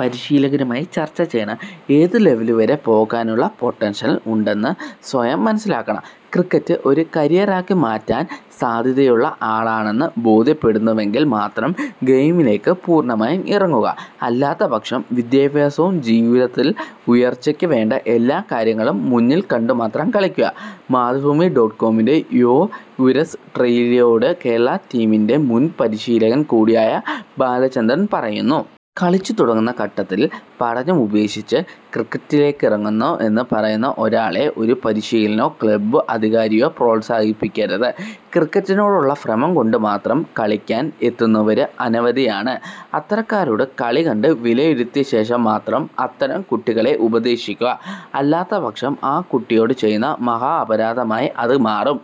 പരിശീലകരുമായും ചര്ച്ച ചെയ്യണം. ഏതു ലെവല് വരെ പോകാനുള്ള പൊട്ടന്ഷ്യല് ഉണ്ടെന്ന് സ്വയം മനസ്സിലാക്കണം. ക്രിക്കറ്റ് ഒരു കരിയറാക്കി മാറ്റാന് സാധ്യതയുള്ള ആളാണെന്ന് ബോധ്യപ്പെടുന്നുവെങ്കില് മാത്രം ഗെയിമിലേക്ക് പൂര്ണമായി ഇറങ്ങുക. അല്ലാത്തപക്ഷം വിദ്യാഭ്യാസവും ജീവിതത്തില് ഉയര്ച്ചക്ക് വേണ്ട എല്ലാ കാര്യങ്ങളും മുന്നില് കണ്ടുമാത്രം കളിക്കുക'' മാതൃഭൂമി ഡോട്ട് കോമിന്റെ യൊഉര്സ് ട്രുല്യ് യോട് കേരളാ ടീമിന്റെ മുന്പരിശീലകന് കൂടിയായ ബാലചന്ദ്രന് പറയുന്നു. കളിച്ചു തുടങ്ങുന്ന ഘട്ടത്തില് പഠനമുപേക്ഷിച്ച് ക്രിക്കറ്റിലേക്കിറങ്ങുന്നു എന്ന് പറയുന്ന ഒരാളെ ഒരു പരിശീലകനോ ക്ലബ് അധികാരിയോ പ്രോത്സാഹിപ്പിക്കരുത്. ക്രിക്കറ്റിനോടുള്ള ഭ്രമം കൊണ്ടുമാത്രം കളിക്കാന് എത്തുന്നവര് അനവധിയാണ്. അത്തരക്കാരുടെ കളി കണ്ട് വിലയിരുത്തിയശേഷം മാത്രം അത്തരം കുട്ടികളെ ഉപദേശിക്കുക. അല്ലാത്തപക്ഷം ആ കുട്ടിയോടു ചെയ്യുന്ന മഹാഅപരാധമായി അതു മാറും.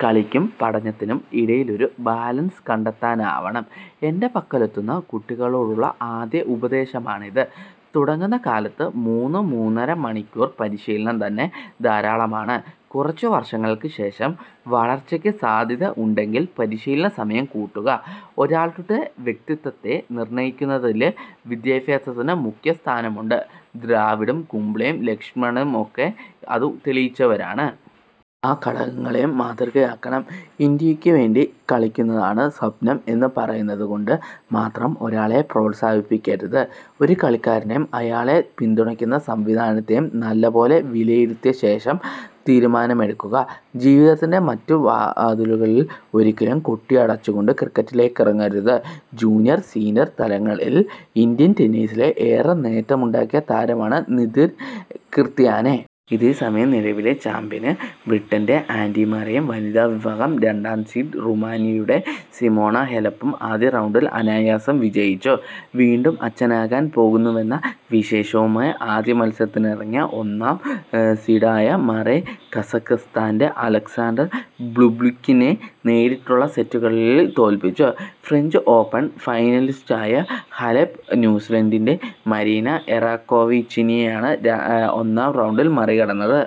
കളിക്കും പഠനത്തിനും ഇടയിലൊരു ബാലൻസ് കണ്ടെത്താനാവണം. എന്റെ പക്കലെത്തുന്ന കുട്ടികളോടുള്ള ആദ്യ ഉപദേശമാണിത്. തുടങ്ങുന്ന കാലത്ത് മൂന്നുമൂന്നര മണിക്കൂര് പരിശീലനം തന്നെ ധാരാളമാണ്. കുറച്ച് വര്ഷങ്ങള്ക്ക് ശേഷം വളര്ച്ചയ്ക്ക് സാധ്യത ഉണ്ടെങ്കില് പരിശീലന സമയം കൂട്ടുക. ഒരാളുടെ വ്യക്തിത്വത്തെ നിര്ണയിക്കുന്നതില് വിദ്യാഭ്യാസത്തിന് മുഖ്യസ്ഥാനമുണ്ട്. ദ്രാവിഡും കുംബ്ലെയും ലക്ഷ്മണുമൊക്കെ അതു തെളിയിച്ചവരാണ്. ആ ഘടകങ്ങളെയും മാതൃകയാക്കണം. ഇന്ത്യയ്ക്ക് വേണ്ടി കളിക്കുന്നതാണ് സ്വപ്നം എന്നു പറയുന്നതു കൊണ്ട് മാത്രം ഒരാളെ പ്രോത്സാഹിപ്പിക്കരുത്. ഒരു കളിക്കാരനെയും അയാളെ പിന്തുണയ്ക്കുന്ന സംവിധാനത്തെയും നല്ല പോലെ വിലയിരുത്തിയശേഷം തീരുമാനമെടുക്കുക. ജീവിതത്തിന്റെ മറ്റു വാതിലുകള് ഒരിക്കലും കൊട്ടിയടച്ചുകൊണ്ട് ക്രിക്കറ്റിലേക്കിറങ്ങരുത്. ജൂനിയര്, സീനിയര് തലങ്ങളില് ഇന്ത്യന് ടെന്നീസില് ഏറെ നേട്ടമുണ്ടാക്കിയ താരമാണ് നിതിന് കിര്താനെ. ഇതേസമയം നിലവിലെ ചാമ്പ്യന് ബ്രിട്ടന്റെ ആന്ഡി മറെയും വനിതാവിഭാഗം രണ്ടാം സീഡ് റുമാനിയയുടെ സിമോണ ഹാെലപ്പും ആദ്യ റൗണ്ടില് അനായാസം വിജയിച്ചു. വീണ്ടും അച്ഛനാകാന് പോകുന്നുവെന്ന വിശേഷവുമായി ആദ്യമത്സരത്തിനിറങ്ങിയ ഒന്നാം സീഡായ മറെ കസാഖ്സ്താന്റെ അലക്സാണ്ടര് ബൂബ്ലിക്കിനെ നേരിട്ടുള്ള സെറ്റുകളില് തോല്പിച്ചു. ഫ്രഞ്ച് ഓപ്പണ് ഫൈനലിസ്റ്റായ ഹാലെപ് ന്യൂസീലന്ഡിന്റെ മരീന എറാക്കോവിച്ചിനെയാണ് ഒന്നാം റൗണ്ടില് മറികടന്നത്.